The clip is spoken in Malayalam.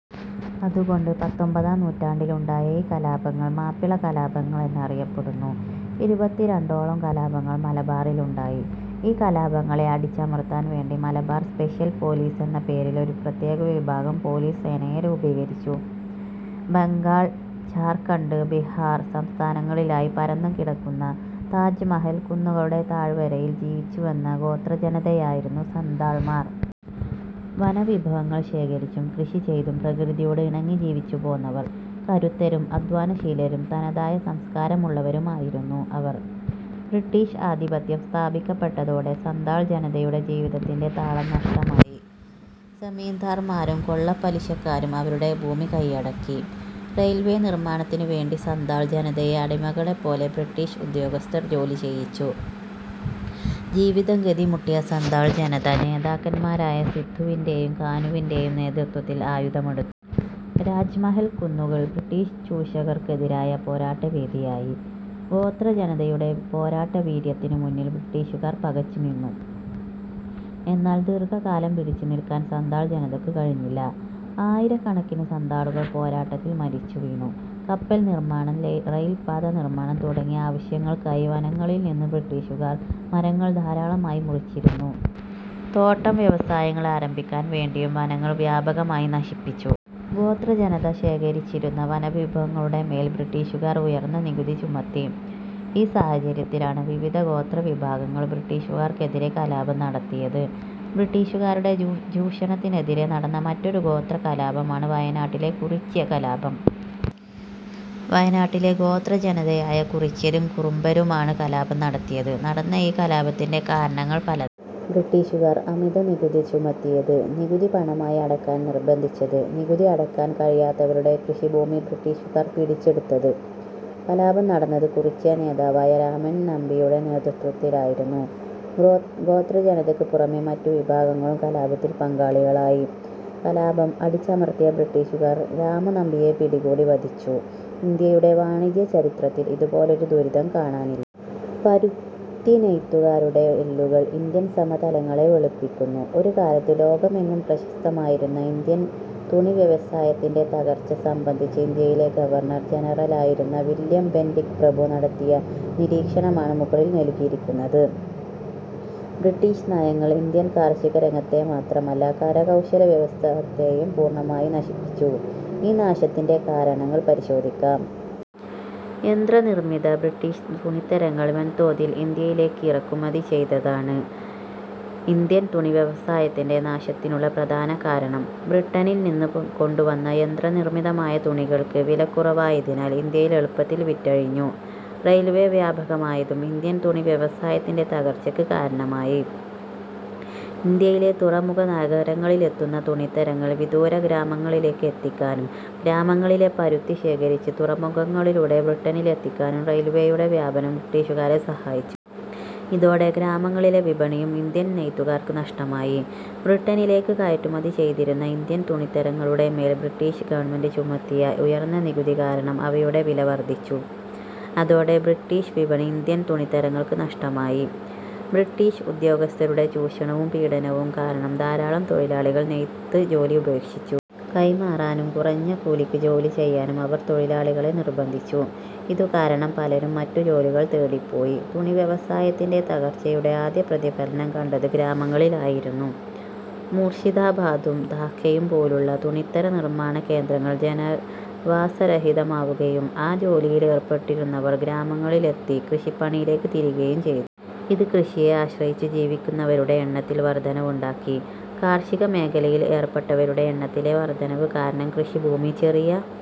അതുകൊണ്ട് പത്തൊമ്പതാം നൂറ്റാണ്ടിലുണ്ടായ ഈ കലാപങ്ങൾ മാപ്പിളകലാപങ്ങൾ എന്ന് അറിയപ്പെടുന്നു. ഇരുപത്തിരണ്ടോളം കലാപങ്ങൾ മലബാറിലുണ്ടായി. ഈ കലാപങ്ങളെ അടിച്ചമർത്താൻ വേണ്ടി മലബാർ സ്പെഷ്യൽ പോലീസ് എന്ന പേരിൽ ഒരു പ്രത്യേക വിഭാഗം പോലീസ് സേനയെ രൂപീകരിച്ചു. ബംഗാൾ, ഝാർഖണ്ഡ്, ബിഹാർ സംസ്ഥാനങ്ങളിലായി പരന്നുകിടക്കുന്ന രാജ്മഹൽ കുന്നുകളുടെ താഴ്വരയിൽ ജീവിച്ചുവന്ന ഗോത്രജനതയായിരുന്നു സന്താൾമാർ. വനവിഭവങ്ങൾ ശേഖരിച്ചും കൃഷിചെയ്തും പ്രകൃതിയോട് ഇണങ്ങിജീവിച്ചുപോന്നവർ. കരുത്തരും അധ്വാനശീലരും തനതായ സംസ്കാരമുള്ളവരുമായിരുന്നു അവർ. ബ്രിട്ടീഷ് ആധിപത്യം സ്ഥാപിക്കപ്പെട്ടതോടെ സന്താൾ ജനതയുടെ ജീവിതത്തിന്റെ താളം നഷ്ടമായി. സെമീന്ദാർമാരും കൊള്ളപ്പലിശക്കാരും അവരുടെ ഭൂമി കൈയടക്കി. റെയിൽവേ നിർമാണത്തിനുവേണ്ടി സന്താൾ ജനതയെ അടിമകളെപ്പോലെ ബ്രിട്ടീഷ് ഉദ്യോഗസ്ഥർ ജോലി ചെയ്യിച്ചു. ജീവിതം ഗതി മുട്ടിയ സന്താൾ ജനത നേതാക്കന്മാരായ സിദ്ദുവിന്റെയും കാനുവിന്റെയും നേതൃത്വത്തിൽ ആയുധമെടുത്തു. രാജ്മഹൽ കുന്നുകൾ ബ്രിട്ടീഷ് ചൂഷകർക്കെതിരായ പോരാട്ടവേദിയായി. ഗോത്രജനതയുടെ പോരാട്ടവീര്യത്തിനു മുന്നിൽ ബ്രിട്ടീഷുകാർ പകച്ചു നിന്നു. എന്നാൽ ദീർഘകാലം പിടിച്ചുനിൽക്കാൻ സന്താൾ ജനതയ്ക്ക് കഴിഞ്ഞില്ല. ആയിരക്കണക്കിന് സന്താളുകൾ പോരാട്ടത്തിൽ മരിച്ചുവീണു. കപ്പൽ നിർമാണം, റെയിൽപ്പാത നിർമാണം തുടങ്ങിയ ആവശ്യങ്ങൾക്കായി വനങ്ങളിൽനിന്ന് ബ്രിട്ടീഷുകാർ മരങ്ങൾ ധാരാളമായി മുറിച്ചിരുന്നു. തോട്ടം വ്യവസായങ്ങൾ ആരംഭിക്കാൻ വേണ്ടിയും വനങ്ങൾ വ്യാപകമായി നശിപ്പിച്ചു. ഗോത്രജനത ശേഖരിച്ചിരുന്ന വനവിഭവങ്ങളുടെ മേൽ ബ്രിട്ടീഷുകാർ ഉയർന്ന നികുതി ചുമത്തി. ഈ സാഹചര്യത്തിലാണ് വിവിധ ഗോത്രവിഭാഗങ്ങൾ ബ്രിട്ടീഷുകാർക്കെതിരെ കലാപം നടത്തിയത്. ബ്രിട്ടീഷുകാരുടെ ചൂഷണത്തിനെതിരെ നടന്ന മറ്റൊരു ഗോത്രകലാപമാണ് വയനാട്ടിലെ കുറിച്യകലാപം. വയനാട്ടിലെ ഗോത്രജനതയായ കുറിച്യരും കുറുമ്പരുമാണു കലാപം നടത്തിയത്. നടന്ന ഈ കലാപത്തിന്റെ കാരണങ്ങൾ പലതാണ്. ബ്രിട്ടീഷുകാർ അമിതനികുതി ചുമത്തിയത്. നികുതി പണമായി അടയ്ക്കാൻ നിർബന്ധിച്ചത്. നികുതി അടയ്ക്കാൻ കഴിയാത്തവരുടെ കൃഷിഭൂമി ബ്രിട്ടീഷുകാർ പിടിച്ചെടുത്തത്. കലാപം നടന്നത് കുറിച്യ നേതാവായ രാമൻ നമ്പിയുടെ നേതൃത്വത്തിലായിരുന്നു. ഗോത്രജനതയ്ക്ക് പുറമെ മറ്റു വിഭാഗങ്ങളും കലാപത്തിൽ പങ്കാളികളായി. കലാപം അടിച്ചമർത്തിയ ബ്രിട്ടീഷുകാർ രാമനമ്പിയെ പിടികൂടി വധിച്ചു. ഇന്ത്യയുടെ വാണിജ്യചരിത്രത്തിൽ ഇതുപോലൊരു ദുരിതം കാണാനില്ല. പരുത്തിനെയ്ത്തുകാരുടെ എല്ലുകൾ ഇന്ത്യൻ സമതലങ്ങളെ വെളുപ്പിക്കുന്നു. ഒരുകാലത്ത് ലോകമെങ്ങും പ്രശസ്തമായിരുന്ന ഇന്ത്യൻ തുണിവ്യവസായത്തിന്റെ തകർച്ച സംബന്ധിച്ച് ഇന്ത്യയിലെ ഗവർണർ ജനറലായിരുന്ന വില്യം ബെന്റിക് പ്രഭു നടത്തിയ നിരീക്ഷണമാണ് മുകളിൽ നൽകിയിരിക്കുന്നത്. ബ്രിട്ടീഷ് നയങ്ങൾ ഇന്ത്യൻ കാർഷികരംഗത്തെ മാത്രമല്ല, കരകൗശലവ്യവസായത്തെയും പൂർണമായും നശിപ്പിച്ചു. ഈ നാശത്തിന്റെ കാരണങ്ങൾ പരിശോധിക്കാം. യന്ത്രനിർമിത ബ്രിട്ടീഷ് തുണിത്തരങ്ങൾ വൻതോതിൽ ഇന്ത്യയിലേക്ക് ഇറക്കുമതി ചെയ്തതാണ് ഇന്ത്യൻ തുണിവ്യവസായത്തിന്റെ നാശത്തിനുള്ള പ്രധാന കാരണം. ബ്രിട്ടനിൽ നിന്നു കൊണ്ടുവന്ന യന്ത്രനിർമിതമായ തുണികൾക്ക് വില കുറവായതിനാൽ ഇന്ത്യയിൽ എളുപ്പത്തിൽ വിറ്റഴിഞ്ഞു. റെയിൽവേ വ്യാപകമായതും ഇന്ത്യൻ തുണി വ്യവസായത്തിന്റെ തകർച്ചയ്ക്ക് കാരണമായി. ഇന്ത്യയിലെ തുറമുഖ നഗരങ്ങളിലെത്തുന്ന തുണിത്തരങ്ങൾ വിദൂര ഗ്രാമങ്ങളിലേക്ക് എത്തിക്കാനും ഗ്രാമങ്ങളിലെ പരുത്തി ശേഖരിച്ച് തുറമുഖങ്ങളിലൂടെ ബ്രിട്ടനിലെത്തിക്കാനും റെയിൽവേയുടെ വ്യാപനം ബ്രിട്ടീഷുകാരെ സഹായിച്ചു. ഇതോടെ ഗ്രാമങ്ങളിലെ വിപണിയും ഇന്ത്യൻ നെയ്ത്തുകാർക്ക് നഷ്ടമായി. ബ്രിട്ടനിലേക്ക് കയറ്റുമതി ചെയ്തിരുന്ന ഇന്ത്യൻ തുണിത്തരങ്ങളുടെമേൽ ബ്രിട്ടീഷ് ഗവൺമെന്റ് ചുമത്തിയ ഉയർന്ന നികുതി കാരണം അവയുടെ വില വർധിച്ചു. അതോടെ ബ്രിട്ടീഷ് വിപണി ഇന്ത്യൻ തുണിത്തരങ്ങൾക്ക് നഷ്ടമായി. ബ്രിട്ടീഷ് ഉദ്യോഗസ്ഥരുടെ ചൂഷണവും പീഡനവും കാരണം ധാരാളം തൊഴിലാളികൾ നെയ്ത് ജോലി ഉപേക്ഷിച്ചു. കൈമാറാനും കുറഞ്ഞ കൂലിക്ക് ജോലിചെയ്യാനും അവർ തൊഴിലാളികളെ നിർബന്ധിച്ചു. ഇതു കാരണം പലരും മറ്റു ജോലികൾ തേടിപ്പോയി. തുണിവ്യവസായത്തിന്റെ തകർച്ചയുടെ ആദ്യ പ്രതിഫലനം കണ്ടത് ഗ്രാമങ്ങളിൽ ആയിരുന്നു. മൂർഷിദാബാദും ധാക്കയും പോലുള്ള തുണിത്തര നിർമാണ കേന്ദ്രങ്ങൾ ജനവാസരഹിതമാവുകയും ആ ജോലിയിലേർപ്പെട്ടിരുന്നവർ ഗ്രാമങ്ങളിലെത്തി കൃഷിപ്പണിയിലേക്കു തിരിയുകയും ചെയ്തു. ഇത് കൃഷിയെ ആശ്രയിച്ചു ജീവിക്കുന്നവരുടെ എണ്ണത്തിൽ വർധനവുണ്ടാക്കി. കാർഷിക മേഖലയിൽ ഏർപ്പെട്ടവരുടെ എണ്ണത്തിലെ വർധനവ് കാരണം കൃഷിഭൂമി ചെറിയ